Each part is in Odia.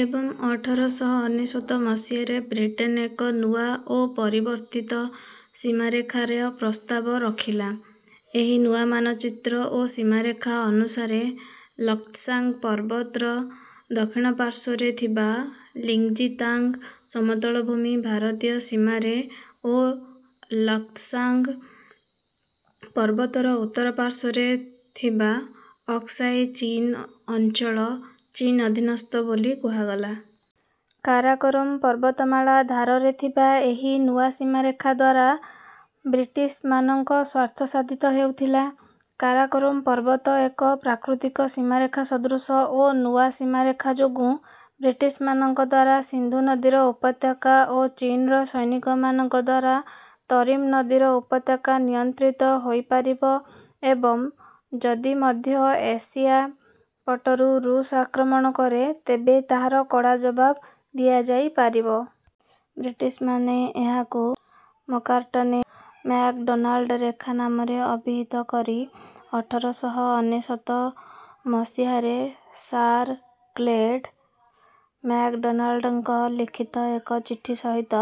ଏବଂ ଅଠର ଶହ ଅନେଶତ ମସିହାରେ ବ୍ରିଟେନ୍ ଏକ ନୂଆ ଓ ପରିବର୍ତ୍ତିତ ସୀମାରେଖାର ପ୍ରସ୍ତାବ ରଖିଲା। ଏହି ନୂଆ ମାନଚିତ୍ର ଓ ସୀମାରେଖା ଅନୁସାରେ ଲକ୍ତ୍‌ସାଙ୍ଗ୍ ପର୍ବତର ଦକ୍ଷିଣ ପାର୍ଶ୍ୱରେ ଥିବା ଲିଙ୍ଗ୍‌ଜି ତାଙ୍ଗ୍ ସମତଳଭୂମି ଭାରତୀୟ ସୀମାରେ ଓ ଲକ୍ତ୍‌ସାଙ୍ଗ୍ ପର୍ବତର ଉତ୍ତର ପାର୍ଶ୍ୱରେ ଥିବା ଅକ୍ସାଇ ଚୀନ୍ ଅଞ୍ଚଳ ଚୀନ୍ ଅଧୀନସ୍ଥ ବୋଲି କୁହାଗଲା। କାରାକୋରମ୍ ପର୍ବତମାଳା ଧାରରେ ଥିବା ଏହି ନୂଆ ସୀମାରେଖା ଦ୍ୱାରା ବ୍ରିଟିଶ୍‌ମାନଙ୍କ ସ୍ୱାର୍ଥ ସାଧିତ ହେଉଥିଲା। କାରାକୋରମ୍ ପର୍ବତ ଏକ ପ୍ରାକୃତିକ ସୀମାରେଖା ସଦୃଶ ଓ ନୂଆ ସୀମାରେଖା ଯୋଗୁଁ ବ୍ରିଟିଶ୍‌ମାନଙ୍କ ଦ୍ୱାରା ସିନ୍ଧୁ ନଦୀର ଉପତ୍ୟକା ଓ ଚୀନ୍‌ର ସୈନିକମାନଙ୍କ ଦ୍ୱାରା ତରିମ୍ ନଦୀର ଉପତ୍ୟକା ନିୟନ୍ତ୍ରିତ ହୋଇପାରିବ ଏବଂ ଯଦି ମଧ୍ୟ ଏସିଆ ପଟରୁ ଋଷ୍ ଆକ୍ରମଣ କରେ ତେବେ ତାହାର କଡ଼ା ଜବାବ ଦିଆଯାଇପାରିବ। ବ୍ରିଟିଶ୍‌ମାନେ ଏହାକୁ ମକାର୍ଟ୍‌ନେ ମ୍ୟାକ୍‌ଡନାଲ୍ଡ୍ ରେଖା ନାମରେ ଅଭିହିତ କରି ଅଠର ଶହ ଅନେଶତ ମସିହାରେ ସାର୍ କ୍ଲଡେ ମ୍ୟାକ୍‌ଡନାଲ୍ଡ୍‌ଙ୍କ ଲିଖିତ ଏକ ଚିଠି ସହିତ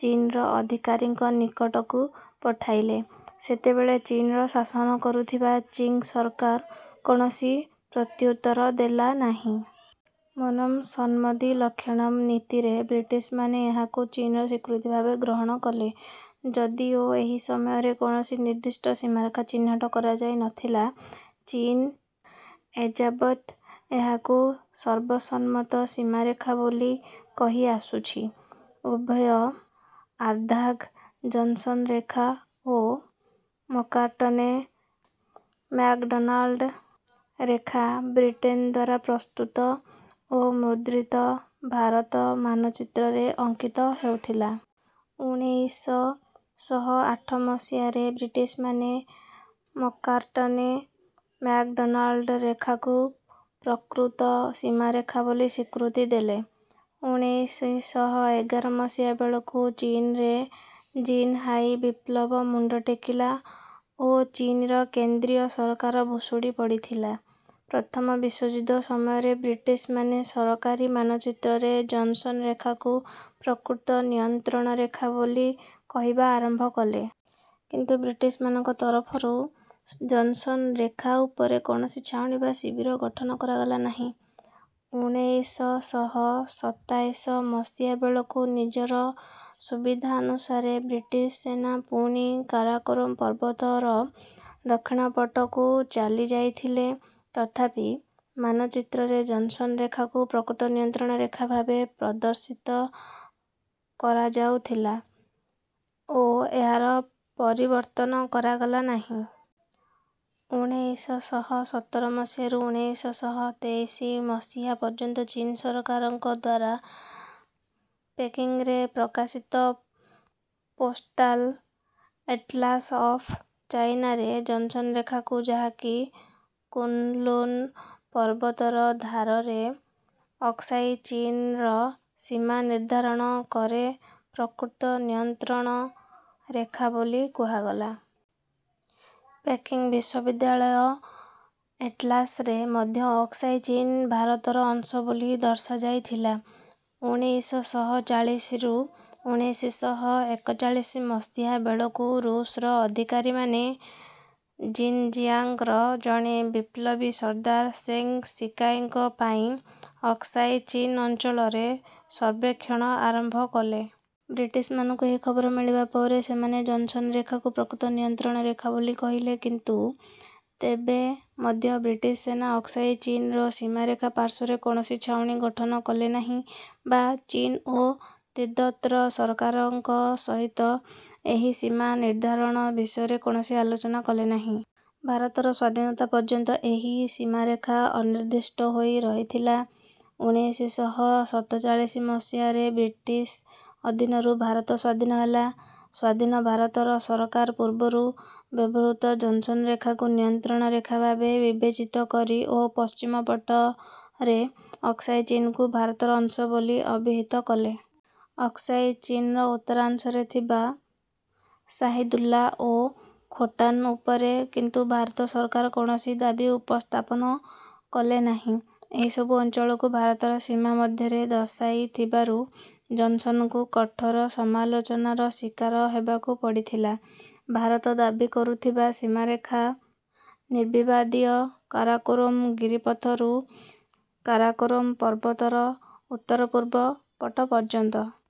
ଚୀନ୍‌ର ଅଧିକାରୀଙ୍କ ନିକଟକୁ ପଠାଇଲେ। ସେତେବେଳେ ଚୀନ୍‌ର ଶାସନ କରୁଥିବା ଚିଙ୍ଗ୍ ସରକାର କୌଣସି ପ୍ରତ୍ୟୁତ୍ତର ଦେଲା ନାହିଁ। ମୌନଂ ସମ୍ମତି ଲକ୍ଷଣମ୍ ନୀତିରେ ବ୍ରିଟିଶ୍‌ମାନେ ଏହାକୁ ଚୀନ୍‌ର ସ୍ୱୀକୃତି ଭାବେ ଗ୍ରହଣ କଲେ। ଯଦିଓ ଏହି ସମୟରେ କୌଣସି ନିର୍ଦ୍ଦିଷ୍ଟ ସୀମାରେଖା ଚିହ୍ନଟ କରାଯାଇ ନ ଥିଲା, ଚୀନ୍ ଏଯାବତ୍ ଏହାକୁ ସର୍ବସମ୍ମତ ସୀମାରେଖା ବୋଲି କହିଆସୁଛି। ଉଭୟ ଆର୍ଦାଘ୍-ଜନ୍‌ସନ୍ ରେଖା ଓ ମକାର୍ଟ୍‌ନେ-ମ୍ୟାକ୍‌ଡନାଲ୍ଡ୍ ରେଖା ବ୍ରିଟେନ୍ ଦ୍ୱାରା ପ୍ରସ୍ତୁତ ଓ ମୁଦ୍ରିତ ଭାରତ ମାନଚିତ୍ରରେ ଅଙ୍କିତ ହେଉଥିଲା। ଉଣେଇଶ ଶହ ଆଠ ମସିହାରେ ବ୍ରିଟିଶ୍‌ମାନେ ମକାର୍ଟ୍‌ନେ ମ୍ୟାକ୍‌ଡନାଲ୍ଡ୍ ରେଖାକୁ ପ୍ରକୃତ ସୀମାରେଖା ବୋଲି ସ୍ୱୀକୃତି ଦେଲେ। ଉଣେଇଶ ଶହ ଏଗାର ମସିହା ବେଳକୁ ଚୀନରେ ଜିନ୍‌ହାଇ ବିପ୍ଳବ ମୁଣ୍ଡ ଟେକିଲା ଓ ଚୀନର କେନ୍ଦ୍ରୀୟ ସରକାର ଭୁଷୁଡ଼ି ପଡ଼ିଥିଲା। ପ୍ରଥମ ବିଶ୍ୱଯୁଦ୍ଧ ସମୟରେ ବ୍ରିଟିଶ୍‌ମାନେ ସରକାରୀ ମାନଚିତ୍ରରେ ଜନ୍‌ସନ୍ ରେଖାକୁ ପ୍ରକୃତ ନିୟନ୍ତ୍ରଣରେଖା ବୋଲି କହିବା ଆରମ୍ଭ କଲେ। କିନ୍ତୁ ବ୍ରିଟିଶ୍‌ମାନଙ୍କ ତରଫରୁ ଜନ୍‌ସନ୍ ରେଖା ଉପରେ କୌଣସି ଛାଉଣୀ ବା ଶିବିର ଗଠନ କରାଗଲା ନାହିଁ। ଉଣେଇଶ ଶହ ସତାଇଶ ମସିହା ବେଳକୁ ନିଜର ସୁବିଧାନୁସାରେ ବ୍ରିଟିଶ୍ ସେନା ପୁଣି କାରାକୋରମ୍ ପର୍ବତର ଦକ୍ଷିଣ ପଟକୁ ଚାଲିଯାଇଥିଲେ। ତଥାପି ମାନଚିତ୍ରରେ ଜନ୍‌ସନ୍ ରେଖାକୁ ପ୍ରକୃତ ନିୟନ୍ତ୍ରଣ ରେଖା ଭାବେ ପ୍ରଦର୍ଶିତ କରାଯାଉଥିଲା ଓ ଏହାର ପରିବର୍ତ୍ତନ କରାଗଲା ନାହିଁ। ଉଣେଇଶ ଶହ ସତର ମସିହାରୁ ଉଣେଇଶ ଶହ ତେଇଶି ମସିହା ପର୍ଯ୍ୟନ୍ତ ଚୀନ୍ ସରକାରଙ୍କ ଦ୍ୱାରା ପେକିଂରେ ପ୍ରକାଶିତ ପୋଷ୍ଟାଲ୍ ଏଟ୍‌ଲାସ୍ ଅଫ୍ ଚାଇନା ରେ ଜନ୍‌ସନ୍ ରେଖାକୁ ଯାହାକି କୁନ୍‌ଲୁନ୍ ପର୍ବତର ଧାରରେ ଅକ୍ସାଇ ଚୀନର ସୀମା ନିର୍ଦ୍ଧାରଣ କରେ ପ୍ରକୃତ ନିୟନ୍ତ୍ରଣ ରେଖା ବୋଲି କୁହାଗଲା। ପେକିଂ ବିଶ୍ୱବିଦ୍ୟାଳୟ ଏଟ୍‌ଲାସ୍ ରେ ମଧ୍ୟ ଅକ୍ସାଇ ଚୀନ୍ ଭାରତର ଅଂଶ ବୋଲି ଦର୍ଶାଯାଇଥିଲା। ଉଣେଇଶ ଶହ ଚାଳିଶରୁ ଉଣେଇଶ ଶହ ଏକଚାଳିଶ ମସିହା ବେଳକୁ ଋଷ୍‌ର ଅଧିକାରୀମାନେ ଜିନ୍‌ଜିଆଙ୍ଗ୍‌ର ଜଣେ ବିପ୍ଳବୀ ସର୍ଦ୍ଦାର ଶେଙ୍ଗ୍ ଶିକାଇଙ୍କ ପାଇଁ ଅକ୍ସାଇ ଚୀନ୍ ଅଞ୍ଚଳର ସର୍ବେକ୍ଷଣ ଆରମ୍ଭ କଲେ। ବ୍ରିଟିଶ୍‌ମାନଙ୍କୁ ଏହି ଖବର ମିଳିବା ପରେ ସେମାନେ ଜନ୍‌ସନ୍ ରେଖାକୁ ପ୍ରକୃତ ନିୟନ୍ତ୍ରଣ ରେଖା ବୋଲି କହିଲେ। କିନ୍ତୁ ତେବେ ମଧ୍ୟ ବ୍ରିଟିଶ୍ ସେନା ଅକ୍ସାଇ ଚୀନର ସୀମାରେଖା ପାର୍ଶ୍ୱରେ କୌଣସି ଛାଉଣୀ ଗଠନ କଲେ ନାହିଁ ବା ଚୀନ୍ ଓ ତିବ୍ଦତର ସରକାରଙ୍କ ସହିତ ଏହି ସୀମା ନିର୍ଦ୍ଧାରଣ ବିଷୟରେ କୌଣସି ଆଲୋଚନା କଲେ ନାହିଁ। ଭାରତର ସ୍ୱାଧୀନତା ପର୍ଯ୍ୟନ୍ତ ଏହି ସୀମାରେଖା ଅନିର୍ଦ୍ଦିଷ୍ଟ ହୋଇ ରହିଥିଲା। ଉଣେଇଶ ଶହ ସତଚାଳିଶ ମସିହାରେ ବ୍ରିଟିଶ୍ ଅଧୀନରୁ ଭାରତ ସ୍ୱାଧୀନ ହେଲା। ସ୍ୱାଧୀନ ଭାରତର ସରକାର ପୂର୍ବରୁ ବ୍ୟବହୃତ ଜନ୍‌ସନ୍ ରେଖାକୁ ନିୟନ୍ତ୍ରଣ ରେଖା ଭାବେ ବିବେଚିତ କରି ଓ ପଶ୍ଚିମ ପଟରେ ଅକ୍ସାଇ ଚୀନ୍‌କୁ ଭାରତର ଅଂଶ ବୋଲି ଅଭିହିତ କଲେ। ଅକ୍ସାଇ ଚୀନ୍‌ର ଉତ୍ତରାଂଶରେ ଥିବା ଶାହିଦୁଲ୍ଲା ଓ ଖୋଟାନ୍ ଉପରେ କିନ୍ତୁ ଭାରତ ସରକାର କୌଣସି ଦାବି ଉପସ୍ଥାପନ କଲେ ନାହିଁ। ଏହି ସବୁ ଅଞ୍ଚଳକୁ ଭାରତର ସୀମା ମଧ୍ୟରେ ଦର୍ଶାଇଥିବାରୁ ଜନ୍‌ସନ୍‌ଙ୍କୁ କଠୋର ସମାଲୋଚନାର ଶିକାର ହେବାକୁ ପଡ଼ିଥିଲା। ଭାରତ ଦାବି କରୁଥିବା ସୀମାରେଖା ନିର୍ବିବାଦୀୟ କାରାକୋରମ୍ ଗିରିପଥରୁ କାରାକୋରମ୍ ପର୍ବତର ଉତ୍ତର ପୂର୍ବ ପଟ ପର୍ଯ୍ୟନ୍ତ।